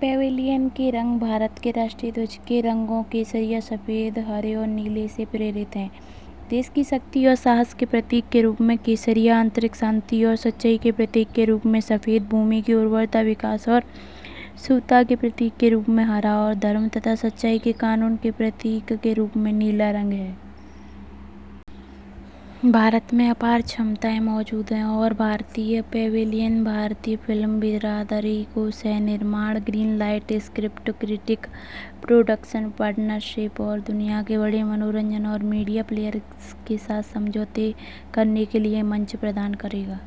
Pavilion کے رنگ ہندوستان کے قومی پرچم کے رنگوں زعفرانی، سفید، سبز اور نیلے سے متاثر ہیں۔ ملک کی طاقت اور ہمت کے اظہار کے طور پر زعفرانی، اندرونی امن اور سچائی کے اظہار کی علامت کے طور پر سفید، زمین کی زرخیزی، ترقی اور بھلائی کے اظہار کی علامت کے طور پر سبز، اور دھرم اور سچائی کے قانون کے اظہار کی علامت کے طور پر نیلا رنگ ہے۔ ہندوستان میں بے پناہ صلاحیتیں موجود ہیں اور ہندوستانی پویلین ہندوستانی فلم برادری کو تقسیم کے سودوں، green light scripts, crack production اشتراک اور دنیا کے بڑے تفریحی اور میڈیا پلیئرز کے ساتھ دستخط کرنے کے لیے پلیٹ فارم فراہم کرے گا۔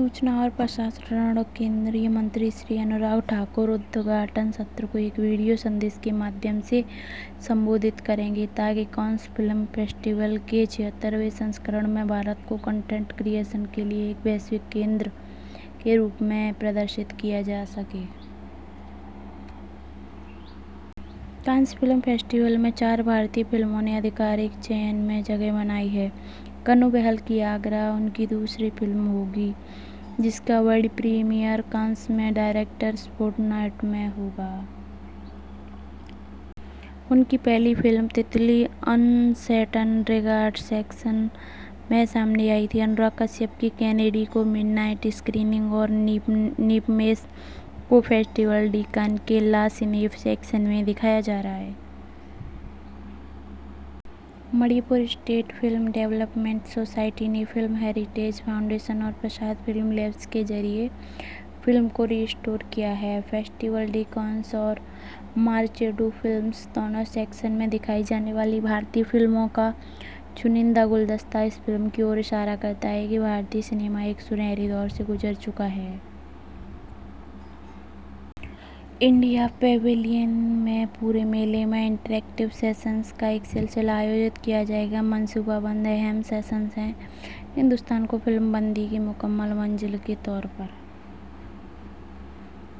اطلاعات و نشریات کے مرکزی وزیر جناب انوراگ ٹھاکر افتتاحی سیشن سے ایک ویڈیو پیغام کے ذریعے خطاب کریں گے، تاکہ کانز میلے کے چھہتر ویں ایڈیشن میں ہندوستان کو مواد کی تخلیق کے لیے ایک عالمی مرکز کے طور پر دکھایا جا سکے۔ کانز فلم فیسٹیول میں چار بھارتی فلموں نے باضابطہ انتخاب میں جگہ بنائی ہے۔ کنو بہل کی ’آگرہ‘ ان کی دوسری فلم ہوگی جس کا ورلڈ پریمیئر کانز میں ڈائریکٹرز فورٹ نائٹ میں ہوگا۔ ان کی پہلی film ’Titli‘, ’Un Certain Regard‘ section میں منظر عام پر آئی۔ انوراگ کشیپ کی ’کینیڈی‘ کو مڈنائٹ اسکریننگ اور نیہیمچ کو فیسٹیول ڈی کانز کے لا سینیف سیکشن میں دکھایا جا رہا ہے۔ Manipur State Film Development Society نے فلم ہیریٹیج فاؤنڈیشن اور پرساد فلم لیبس کے ذریعے فلم کو بحال کیا ہے۔ فیسٹیول ڈی کانز اور مارشے ڈو فلمز دونوں کے حصوں میں دکھائی جانے والی ہندوستانی فلموں کا انتخابی گلدستہ اس بات کی نشان دہی کرتا ہے کہ ہندوستانی سنیما ایک عہد سے گزر چکا ہے۔ انڈیا پویلین میں پورے میلے میں انٹر ایکٹو سیشنز کا ایک سلسلہ منعقد کیا جائے گا۔ منصوبہ بند اہم سیشنز ہیں، ہندوستان کو فلم بندی کی مکمل منزل کے طور پر...